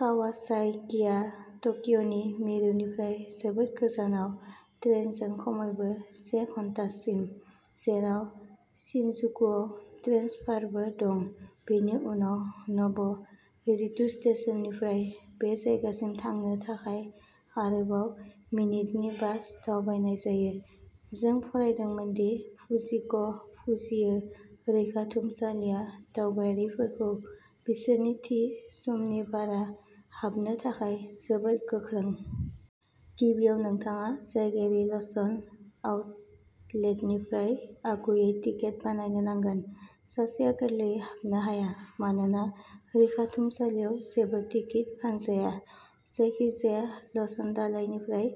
कावासाकिआ टकिय'नि मिरुनिफ्राय जोबोद गोजानाव, ट्रेनजों खमैबो से घन्टासिम, जेराव शिनजुकुआव ट्रेन्सफारबो दं। बेनि उनाव नब'रिट'स्टेशननिफ्राय, बे जायगासिम थांनो थाखाय आरोबाव मिनिटनि बास दावबायनाय जायो। जों फरायदोंमोन दि फुजिको फुजियो रैखाथुमसालिया दावबायारिफोरखौ बिसोरनि थि समनि बारा हाबनो थाखाय जोबोद गोख्रों। गिबियाव, नोंथाङा जायगायारि ल'सन आउटलेटनिफ्राय आगुयै टिकेट बायनो नांगोन। सासेआ गोरलैयै हाबनो हाया मानोना रैखाथुमसालियाव जेबो टिकेट फानजाया। जायखिजाया ल'सन दालायनिफ्राय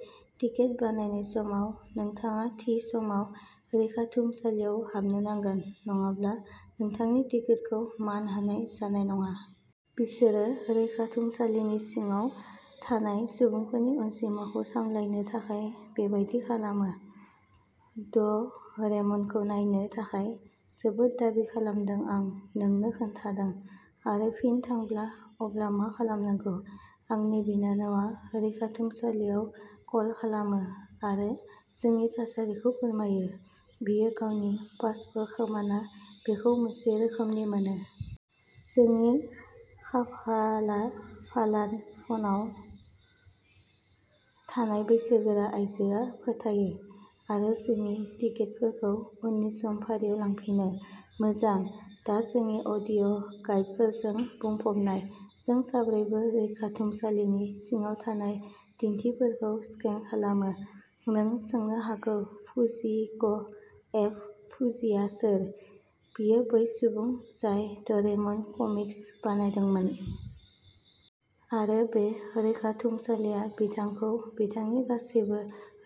टिकेट बायनाय समाव, नोंथाङा थि समाव रैखाथुमसालियाव हाबनो नांगोन नङाब्ला नोंथांनि टिकेटखौ मान होनाय जानाय नङा। बिसोरो रैखाथुमसालिनि सिङाव थानाय सुबुंफोरनि अनजिमाखौ सामलायनो थाखाय बेबादि खालामो। ड'रेमनखौ नायनो थाखाय जोबोद दाबि खालामदों आं नोंनो खोन्थादों! आरो फिन थांब्ला, अब्ला मा खालामनांगौ? आंनि बिनानावआ रैखाथुमसालियाव कल खालामो आरो जोंनि थासारिखौ फोरमायो, बियो गावनि पासपोर्ट खोमाना बेखौ मोनसे रोखोमनि मोनो। जोंनि खाफालाफाला फ'नाव थानाय बैसोगोरा आइजोआ फोथायो आरो जोंनि टिकेटफोरखौ उननि समफारियाव लांफिनो। मोजां! दा जोंनि अडिअ'गाइडफोरजों बुंफबनाय, जों साब्रैबो रैखाथुमसालिनि सिङाव थानाय दिन्थिफोरखौ स्केन खालामो। नों सोंनो हागौ फुजिक'एफ. फुजियोआ सोर। बियो बै सुबुं जाय ड'रेमन कमिक्स बानायदोंमोन! आरो बे रैखाथुमसालिया बिथांखौ, बिथांनि गासैबो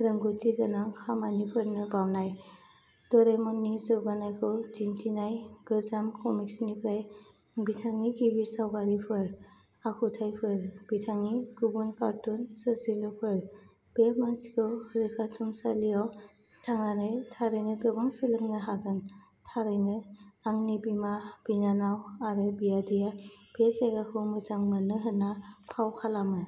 रोंग'थिगोनां खामानिफोरनो बावनाय। ड'रेमननि जौगानायखौ दिन्थिनाय गोजाम कमिक्सनिफ्राय, बिथांनि गिबि सावगारिफोर, आखुथायफोर, बिथांनि गुबुन कार्टुन सोरजिलुफोर, बे मानसिखौ बे रैखाथुमसालियाव थांनानै थारैनो गोबां सोलोंनो हागोन। थारैनो, आंनि बिमा, बिनानाव आरो बियादैआ बे जायगाखौ मोजां मोनो होनना फाव खालामो।